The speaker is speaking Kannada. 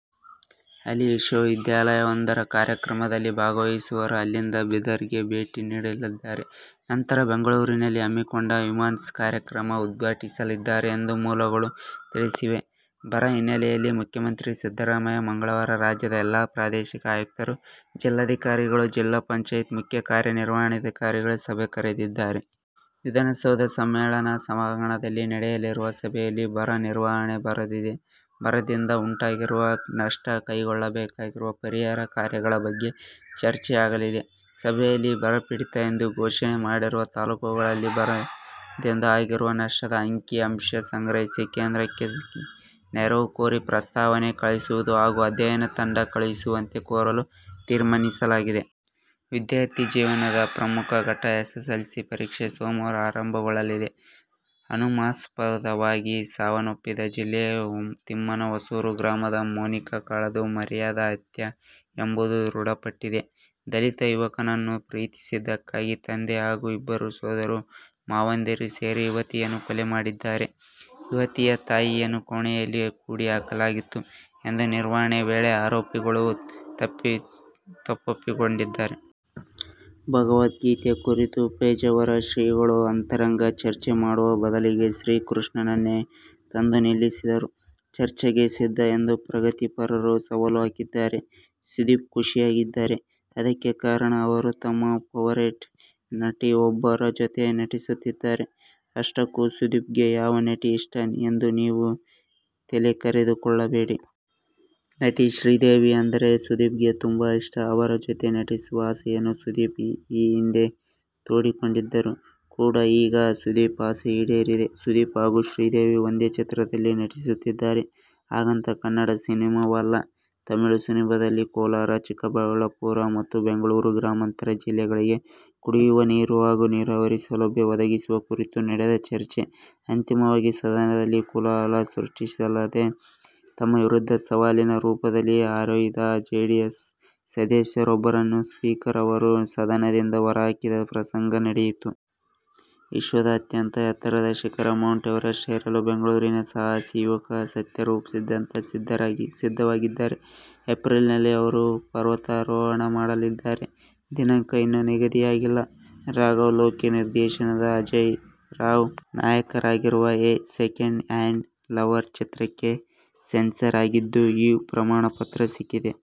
ಅಲ್ಲಿ ವಿಶ್ವವಿದ್ಯಾಲಯವೊಂದರ ಕಾರ್ಯಕ್ರಮದಲ್ಲಿ ಭಾಗವಹಿಸುವರು. ಅಲ್ಲಿಂದ ಬೀದರ್ಗೆ ಭೇಟಿ ನೀಡಲಿದ್ದಾರೆ. ನಂತರ ಬೆಂಗಳೂರಿನಲ್ಲಿ ಹಮ್ಮಿಕೊಂಡ ನಿಮ್ಹಾನ್ಸ್ ಕಾರ್ಯಕ್ರಮ ಉದ್ಘಾಟಿಸಲಿದ್ದಾರೆ ಎಂದು ಮೂಲಗಳು ತಿಳಿಸಿವೆ. ಬರ ಹಿನ್ನೆಲೆಯಲ್ಲಿ ಮುಖ್ಯಮಂತ್ರಿ ಸಿದ್ದರಾಮಯ್ಯ ಮಂಗಳವಾರ ರಾಜ್ಯದ ಎಲ್ಲ ಪ್ರಾದೇಶಿಕ ಆಯುಕ್ತರು, ಜಿಲ್ಲಾಧಿಕಾರಿಗಳು, ಜಿಲ್ಲಾ ಪಂಚಾಯತ್ ಮುಖ್ಯ ಕಾರ್ಯ ನಿರ್ವಹಣಾಧಿಕಾರಿಗಳ ಸಭೆ ಕರೆದಿದ್ದಾರೆ. ವಿಧಾನಸೌಧ ಸಮ್ಮೇಳನ ಸಭಾಂಗಣದಲ್ಲಿ ನಡೆಯಲಿರುವ ಸಭೆಯಲ್ಲಿ ಬರ ನಿರ್ವಹಣೆ, ಬರದಿಂದ ಉಂಟಾಗಿರುವ ನಷ್ಟ, ಕೈಗೊಳ್ಳಬೇಕಿರುವ ಪರಿಹಾರ ಕಾರ್ಯಗಳ ಬಗ್ಗೆ ಚರ್ಚೆಯಾಗಲಿದೆ. ಸಭೆಯಲ್ಲಿ ಬರಪೀಡಿತ ಎಂದು ಘೋಷಣೆ ಮಾಡಿರುವ ತಾಲೂಕುಗಳಲ್ಲಿ ಬರದಿಂದ ಆಗಿರುವ ನಷ್ಟದ ಅಂಕಿ-ಅಂಶ ಸಂಗ್ರಹಿಸಿ ಕೇಂದ್ರಕ್ಕೆ ನೆರವು ಕೋರಿ ಪ್ರಸ್ತಾವನೆ ಕಳುಹಿಸುವುದು ಹಾಗೂ ಅಧ್ಯಯನ ತಂಡ ಕಳುಹಿಸವಂತೆ ಕೋರಲು ತೀರ್ಮಾನಿಸಲಾಗಿದೆ. ವಿದ್ಯಾರ್ಥಿ ಜೀವನದ ಪ್ರಮುಖ ಘಟ್ಟ ಎಸ್ಎಸ್ಎಲ್ಸಿ ಪರೀಕ್ಷೆ ಸೋಮವಾರ ಆರಂಭಗೊಳ್ಳಲಿದೆ. ಅನುಮಾನಾಸ್ಪದವಾಗಿ ಸಾವನ್ನಪ್ಪಿದ್ದ ಜಿಲ್ಲೆಯ ತಿಮ್ಮನಹೊಸೂರು ಗ್ರಾಮದ ಮೋನಿಕಾಳದ್ದು ಮರ್ಯಾದಾ ಹತ್ಯೆ ಎಂಬುದು ದೃಢಪಟ್ಟಿದೆ. ದಲಿತ ಯುವಕನನ್ನು ಪ್ರೀತಿಸಿದ್ದಕ್ಕಾಗಿ ತಂದೆ ಹಾಗೂ ಇಬ್ಬರು ಸೋದರ ಮಾವಂದಿರು ಸೇರಿ ಯುವತಿಯನ್ನು ಕೊಲೆ ಮಾಡಿದ್ದಾರೆ. ಯುವತಿಯ ತಾಯಿಯನ್ನು ಕೋಣೆಯಲ್ಲಿ ಕೂಡಿ ಹಾಕಲಾಗಿತ್ತು ಎಂದು ವಿಚಾರಣೆ ವೇಳೆ ಆರೋಪಿಗಳು ತಪ್ಪೊಪ್ಪಿಕೊಂಡಿದ್ದಾರೆ. ಭಗವದ್ಗೀತೆ ಕುರಿತು ಪೇಜಾವರ ಶ್ರೀಗಳು ಅಂತರಂಗ ಚರ್ಚೆ ಮಾಡುವ ಬದಲಿಗೆ ಶ್ರೀಕೃಷ್ಣನನ್ನೇ ತಂದು ನಿಲ್ಲಿಸಿದರೂ ಚರ್ಚೆಗೆ ಸಿದ್ಧ ಎಂದು ಪ್ರಗತಿಪರರು ಸವಾಲು ಹಾಕಿದ್ದಾರೆ. ಸುದೀಪ್ ಖುಷಿಯಾಗಿದ್ದಾರೆ. ಅದಕ್ಕೆ ಕಾರಣ ಅವರು ತಮ್ಮ ಫೆವರೇಟ್ ನಟಿಯೊಬ್ಬರ ಜೊತೆ ನಟಿಸುತ್ತಿದ್ದಾರೆ. ಆಷ್ಟಕ್ಕೂ ಸುದೀಪ್ಗೆ ಯಾವ ನಟಿ ಇಷ್ಟ ಎಂದು ನೀವು ತಲೆಕೆರೆದುಕೊಳ್ಳಬೇಡಿ. ನಟಿ ಶ್ರೀದೇವಿ ಅಂದರೆ ಸುದೀಪ್ಗೆ ತುಂಬಾ ಇಷ್ಟ. ಅವರ ಜೊತೆ ನಟಿಸುವ ಆಸೆಯನ್ನು ಸುದೀಪ್ ಈ ಹಿಂದೆ ತೋಡಿಕೊಂಡಿದ್ದರು ಕೂಡಾ. ಈಗ ಸುದೀಪ್ ಆಸೆ ಈಡೇರಿದೆ. ಸುದೀಪ್ ಹಾಗೂ ಶ್ರೀದೇವಿ ಒಂದೇ ಚಿತ್ರದಲ್ಲಿ ನಟಿಸುತ್ತಿದ್ದಾರೆ. ಹಾಗಂತ ಕನ್ನಡ ಸಿನಿಮಾವಲ್ಲ. ತಮಿಳು ಸಿನಿಮಾದಲ್ಲಿ. ಕೋಲಾರ-ಚಿಕ್ಕಬಳ್ಳಾಪುರ ಮತ್ತು ಬೆಂಗಳೂರು ಗ್ರಾಮಾಂತರ ಜಿಲ್ಲೆಗಳಿಗೆ ಕುಡಿಯುವ ನೀರು ಹಾಗೂ ನೀರಾವರಿ ಸೌಲಭ್ಯ ಒದಗಿಸುವ ಕುರಿತು ನಡೆದ ಚರ್ಚೆ ಅಂತಿಮವಾಗಿ ಸದನದಲ್ಲಿ ಕೋಲಾಹಲ ಸೃಷ್ಟಿಸಿದ್ದಲ್ಲದೆ, ತಮ್ಮ ವಿರುದ್ಧ ಸವಾಲಿನ ರೂಪದಲ್ಲಿ ಹರಿಹಾಯ್ದ ಜೆಡಿಎಸ್ ಸದಸ್ಯರೊಬ್ಬರನ್ನು ಸ್ಪೀಕರ್ ಅವರು ಸದನದಿಂದ ಹೊರಹಾಕಿದ ಪ್ರಸಂಗ ನಡೆಯಿತು. ವಿಶ್ವದ ಅಂತ್ಯಂತ ಎತ್ತರದ ಶಿಖರ ಮೌಂಟ್ ಎವರೆಸ್ಟ್ ಏರಲು ಬೆಂಗಳೂರಿನ ಸಾಹಸಿ ಯುವಕ ಸತ್ಯರೂಪ್ ಸಿದ್ಧಾಂತ ಸಿದ್ಧವಾಗಿದ್ದಾರೆ. ಏಪ್ರಿಲ್ನಲ್ಲಿ ಅವರು ಪರ್ವತಾರೋಹಣ ಮಾಡಲಿದ್ದಾರೆ. ದಿನಾಂಕ ಇನ್ನೂ ನಿಗದಿಯಾಗಿಲ್ಲ. ರಾಘವ್ ಲೋಕಿ ನಿರ್ದೇಶನದ ಅಜೇಯ್ ರಾವ್ ನಾಯಕರಾಗಿರುವ "ಎ ಸೆಕೆಂಡ್ ಹ್ಯಾಂಡ್ ಲವರ್' ಚಿತ್ರಕ್ಕೆ ಸೆನ್ಸಾರ್ ಆಗಿದ್ದು, "ಯು' ಪ್ರಮಾಣ ಪತ್ರ ಸಿಕ್ಕಿದೆ.